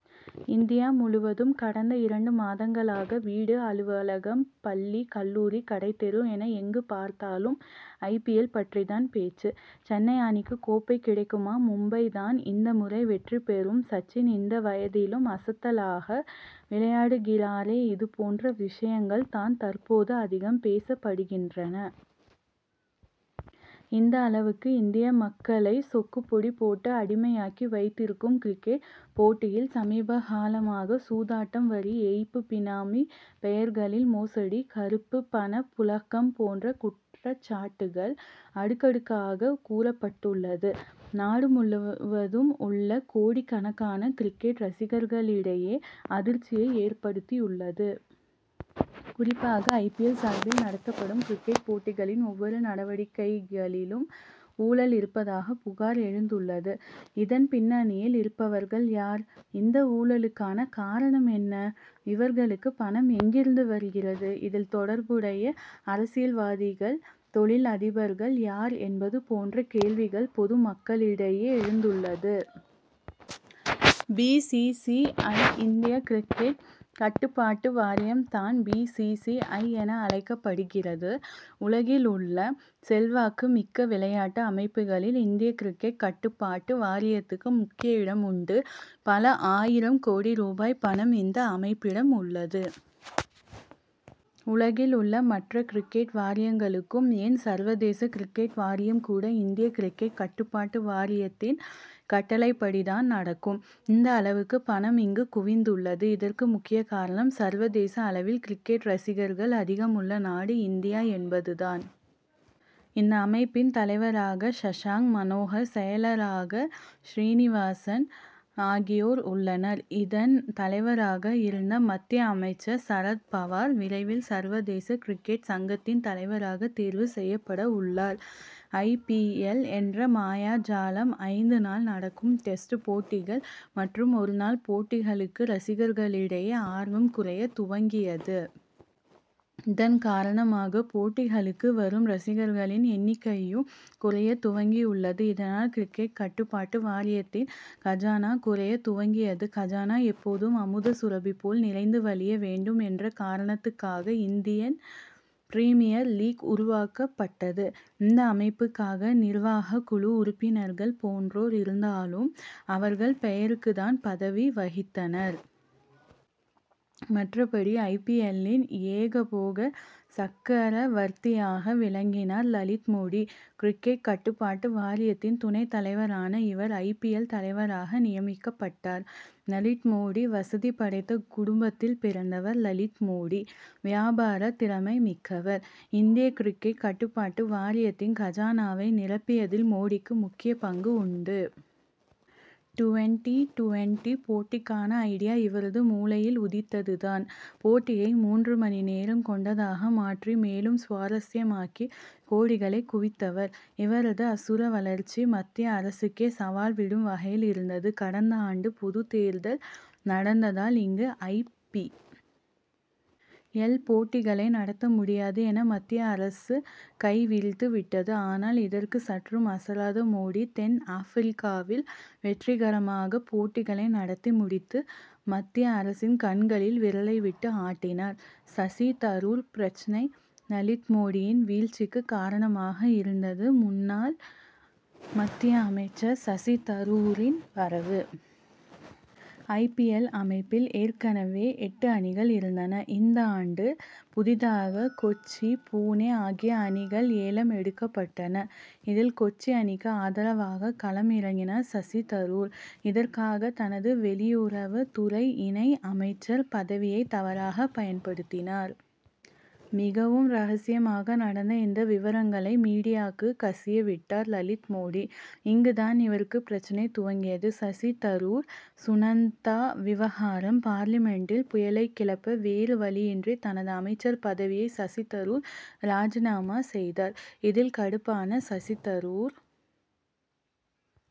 India முழுவதும் கடந்த இரண்டு மாதங்களாக வீடு அலுவலகம் பள்ளி கல்லூரி கடைத் தெரு என எங்கு பார்த்தாலும் ஐ. பி. எல். பற்றித் தான் பேச்சு. சென்னை அணிக்கு கோப்பை கிடைக்குமா மும்பை தான் இந்த முறை வெற்றி பெறும் சச்சின் இந்த வயதிலும் அசத்தலாக விளையாடுகிறாரே இதுபோன்ற விஷயங்கள் தான் தற்போது அதிகம் பேசப்படுகின்றன. இந்த அளவுக்கு இந்திய மக்களை சொக்கு பொடி போட்டு அடிமையாக்கி வைத்திருக்கும் கிரிக்கெட் போட்டியில் சமீபகாலமாக சூதாட்டம் வரி ஏய்ப்பு பினாமி பெயர்களில் மோசடி கருப்பு பண புழக்கம் போன்ற குற்றச்சாட்டுகள் அடுக்கடுக்காக கூறப்பட்டுள்ளது நாடு முழுவதும் உள்ள கோடிக்கணக்கான கிரிக்கெட் ரசிகர்களிடையே அதிர்ச்சியை ஏற்படுத்தியுள்ளது. குறிப்பாக ஐ. பி. எல். சார்பில் நடத்தப்படும் கிரிக்கெட் போட்டிகளின் ஒவ்வொரு நடவடிக்கைகளிலும் ஊழல் இருப்பதாக புகார் எழுந்துள்ளது. இதன் பின்னணியில் இருப்பவர்கள் யார்? இந்த ஊழலுக்கான காரணம் என்ன? இவர்களுக்கு பணம் எங்கிருந்து வருகிறது. இதில் தொடர்புடைய அரசியல்வாதிகள் தொழில் அதிபர்கள் யார் என்பது போன்ற கேள்விகள் பொதுமக்களிடையே எழுந்துள்ளது. பி. சி. சி. ஐ. இந்திய கிரிக்கெட் கட்டுப்பாட்டு வாரியம் தான் பி. சி. சி. ஐ. என அழைக்கப்படுகிறது. உலகில் உள்ள செல்வாக்கு மிக்க விளையாட்டு அமைப்புகளில் இந்திய கிரிக்கெட் கட்டுப்பாட்டு வாரியத்துக்கு முக்கிய இடம் உண்டு. பல ஆயிரம் கோடி ரூபாய் பணம், இந்த அமைப்பிடம் உள்ளது. உலகில் உள்ள மற்ற கிரிக்கெட் வாரியங்களும் ஏன் சர்வதேச கிரிக்கெட் வாரியம் கூட இந்திய கிரிக்கெட் கட்டுப்பாட்டு வாரியத்தின் கட்டளைப்படி தான் நடக்கும். அந்த அளவுக்கு பணம் இங்கு குவிந்துள்ளது. இதற்கு முக்கிய காரணம் சர்வதேச அளவில் கிரிக்கெட் ரசிகர்கள் அதிகம் உள்ள நாடு இந்தியா என்பது தான். இந்த அமைப்பின் தலைவராக சஷாங் மனோகர் செயலராக சீனிவாசன் ஆகியோர் உள்ளனர். இதன் தலைவராக இருந்த மத்திய அமைச்சர் சரத் பவார் விரைவில் சர்வதேச கிரிக்கெட் சங்கத்தின் தலைவராக தேர்வு செய்யப்படவுள்ளார். ஐ. பி. எல். என்ற மாயாஜாலம்: ஐந்து நாள் நடக்கும் டெஸ்ட் போட்டிகள் மற்றும் ஒரு நாள் போட்டிகளுக்கு ரசிகர்களிடையே ஆர்வம் குறையத் துவங்கியது. இதன்காரணமாக போட்டிகளுக்கு வரும் ரசிகர்களின் எண்ணிக்கையும் குறையத் துவங்கியுள்ளது. இதனால் கிரிக்கெட் கட்டுப்பாட்டு வாரியத்தின் கஜானா குறையத் துவங்கியது. கஜானா எப்போதும் அமுத சுரபி போல் நிறைந்து வழிய வேண்டும் என்ற காரணத்துக்காக இந்தியன் பிரிமியர் லீக் உருவாக்கப்பட்டது. இந்த அமைப்புக்காக நிர்வாக குழு உறுப்பினர்கள் போன்றோர் இருந்தாலும், அவர்கள் பெயருக்கு தான் பதவி வகித்தனர். மற்றபடி, ஐ. பி. எல்.லின் ஏகபோக சக்கரவர்த்தியாக விளங்கினார் லலித் மோடி. கிரிக்கெட் கட்டுப்பாட்டு வாரியத்தின் துணை தலைவரான இவர் ஐ. பி. எல். தலைவராக நியமிக்கப்பட்டார். லலித் மோடி வசதி படைத்த குடும்பத்தில் பிறந்தவர் லலித் மோடி. வியாபார திறமை மிக்கவர். இந்திய கிரிக்கெட் கட்டுப்பாட்டு வாரியத்தின் கஜானாவை நிரப்பியதில் மோடிக்கு முக்கிய பங்கு உண்டு. டுவென்டி-டுவென்டி போட்டிக்கான ஐடியா இவரது மூளையில் உதித்தது தான். போட்டியை மூன்று மணி நேரம் கொண்டதாக மாற்றி மேலும் சுவாரசியமாக்கி கோடிகளை குவித்தவர். இவரது அசுர வளர்ச்சி மத்திய அரசுக்கே சவால் விடும் வகையில் இருந்தது. கடந்தாண்டு பொதுத் தேர்தல் நடந்ததால் இங்கு ஐ. பி. எல். போட்டிகளை நடத்த முடியாது என மத்திய அரசு கை விரித்து விட்டது. ஆனால் இதற்கு சற்றும் அசராத மோடி தென் ஆப்பிரிக்காவில் வெற்றிகரமாக போட்டிகளை நடத்தி முடித்து மத்திய அரசின் கண்களில் விரலை விட்டு ஆட்டினார். சசி தரூர் பிரச்னை லலித் மோடியின் வீழ்ச்சிக்கு காரணமாக இருந்தது முன்னாள் மத்திய அமைச்சர் சசி தரூரின் வரவு. ஐ. பி. எல். அமைப்பில் ஏற்கனவே எட்டு அணிகள் இருந்தன. இந்தாண்டு புதிதாக கொச்சி புனே ஆகிய அணிகள் ஏலம் எடுக்கப்பட்டன. இதில் கொச்சி அணிக்கு ஆதரவாக களம் இறங்கினார் சசி தரூர். இதற்காக, தனது வெளியுறவு துறை இணை அமைச்சர் பதவியை தவறாக பயன்படுத்தினார். மிகவும் ரகசியமாக நடந்த இந்த விவரங்களை மீடியாக்கு கசியவிட்டார் லலித் மோடி. இங்கு தான் இவருக்கு பிரச்னை துவங்கியது. சசி தரூர்-சுனந்தா விவகாரம் பார்லிமென்டில் புயலை கிளப்ப வேறு வழியின்றி தனது அமைச்சர் பதவியை சசி தரூர் ராஜினாமா செய்தார். இதில் கடுப்பான சசி தரூர்